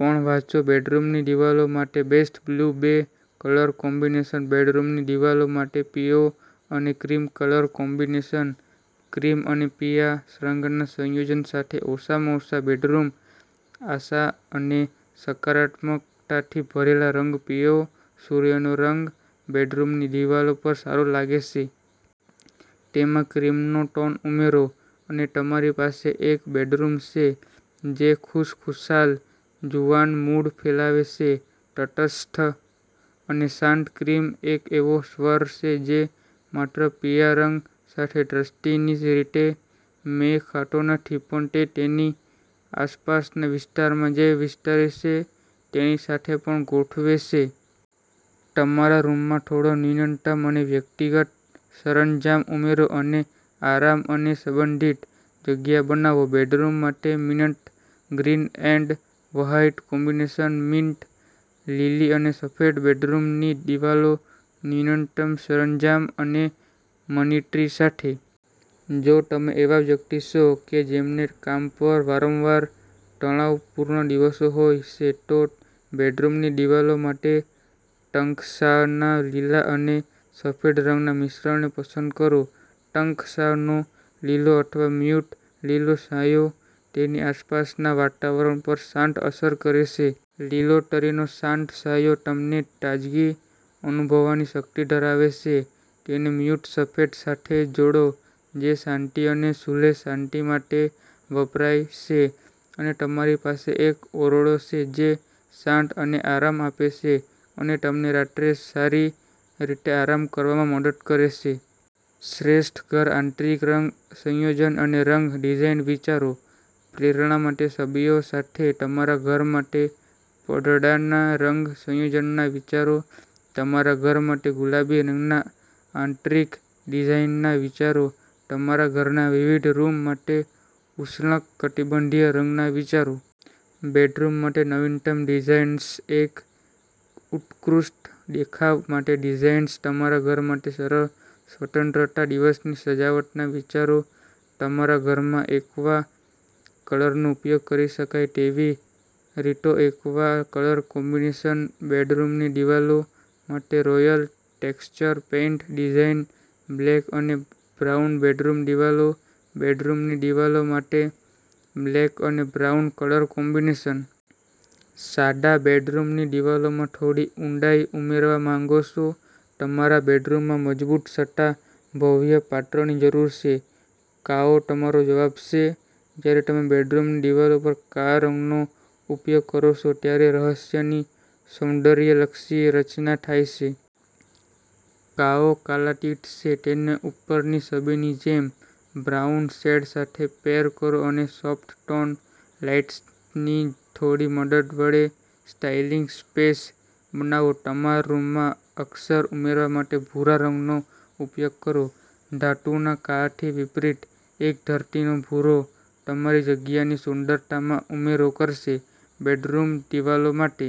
પણ વાંચો બેડરૂમની દિવાલો માટે બેસ્ટ બ્લુ બે કલર કોમ્બિનેશન બેડરૂમની દિવાલો માટે પીળો અને ક્રીમ કલર કોમ્બિનેશન. ક્રીમ અને પીળા રંગના સંયોજન સાથેનો ઓછામાં ઓછો બેડરૂમ, આશા અને સકારાત્મકતાથી ભરેલો રંગ.પીળો, સૂર્યનો રંગ, બેડરૂમની દિવાલો પર સારો લાગે છે. તેમાં ક્રીમનો ટોન ઉમેરો, અને તમારી પાસે એક બેડરૂમ છે જે ખુશખુશાલ, જુવાન મૂડ ફેલાવે છે. તટસ્થ અને શાંત, ક્રીમ એક એવો સ્વર છે જે માત્ર પીળા રંગ સાથેદૃષ્ટિની રીતે મેળ ખાતો નથી પણ તે તેની આસપાસના વિસ્તારમાં જે વિસ્તરે છે તેની સાથે પણ ગોઠવે છે. તમારા રૂમમાં થોડો ન્યૂનતમ અને વ્યક્તિગત સરંજામ ઉમેરો અને આરામ અને સંબંધિત જગ્યા બનાવો. બેડરૂમ માટે mint green and white combination. Mint લીલી અને સફેદ બેડરૂમની દિવાલો ન્યૂનતમ સરંજામ અને મની ટ્રી સાથે. જો તમે એવા વ્યક્તિ છો કે જેમને કામ પર વારંવાર તણાવપૂર્ણ દિવસો હોય છે, તો બેડરૂમની દિવાલો માટે ટંકશાળના લીલા અને સફેદ રંગના મિશ્રણને પસંદ કરો. ટંકશાળનો લીલો અથવા મ્યૂટ લીલો છાંયો તેની આસપાસના વાતાવરણ પર શાંત અસર કરે છે. લીલોતરીનો શાંત છાંયો તમને તાજગી અનુભવવાની શક્તિ ધરાવે છે. તેને મ્યૂટ સફેદ સાથે જોડો જે શાંતિ અને સુલેહ-શાંતિ માટે વપરાય છે અને તમારી પાસે એક ઓરડો છે જે શાંત અને આરામ આપે છે અને તમને રાત્રે સારી રીતે આરામ કરવામાં મદદ કરે છે. શ્રેષ્ઠ ઘર આંતરિક રંગ સંયોજન અને રંગ ડિઝાઇન વિચારો. પ્રેરણા માટે છબીઓ સાથે તમારા ઘર માટે પડદાના રંગ સંયોજનના વિચારો. તમારા ઘર માટે ગુલાબી રંગના આંતરિક ડિઝાઇનના વિચારો. તમારા ઘરના વિવિધ રૂમ માટે ઉષ્ણકટિબંધીય રંગના વિચારો. બેડરૂમ માટે નવીનતમ ડિઝાઇન્સએક ઉત્કૃષ્ટ દેખાવ માટે ડિઝાઇન્સ, તમારા ઘર માટે સરળ સ્વતંત્રતા દિવસની સજાવટના વિચારો. તમારા ઘરમાં એક્વા કલરનો ઉપયોગ કરી શકાય તેવી રીતોએક્વા કલર કોમ્બિનેશન, બેડરૂમની દિવાલો માટે royal texture paint design, black અને બ્રાઉન બેડરૂમ દિવાલો, બેડરૂમની દિવાલો માટે બ્લેક અને બ્રાઉન કલર કોમ્બિનેશન. સાદા બેડરૂમની દિવાલોમાં થોડી ઊંડાઈ ઉમેરવા માંગો છો? તમારા રૂમમાં મજબૂત છતાં ભવ્ય પાત્રની જરૂર છે? કાળો તમારો જવાબ છે. જ્યારે તમે બેડરૂમની દિવાલો પર કાળા રંગનો ઉપયોગ કરો છો, ત્યારે રહસ્યની સૌંદર્યલક્ષી રચના થાય છે. કાળો કાલાતીત છે. તેને ઉપરની છબીની જેમ બ્રાઉન શેડ સાથે પેર કરો અને સોફ્ટ-ટોન લાઇટ્સની થોડી મદદ વડે સ્ટાઇલિશ સ્પેસ બનાવો. તમારા રૂમમાં અક્ષર ઉમેરવા માટે ભૂરા રંગનો ઉપયોગ કરો. ધાતુના કાળાથી વિપરીત, એક ધરતીનો ભૂરો તમારી જગ્યાની સુંદરતામાં ઉમેરો કરશે. બેડરૂમ દિવાલો માટે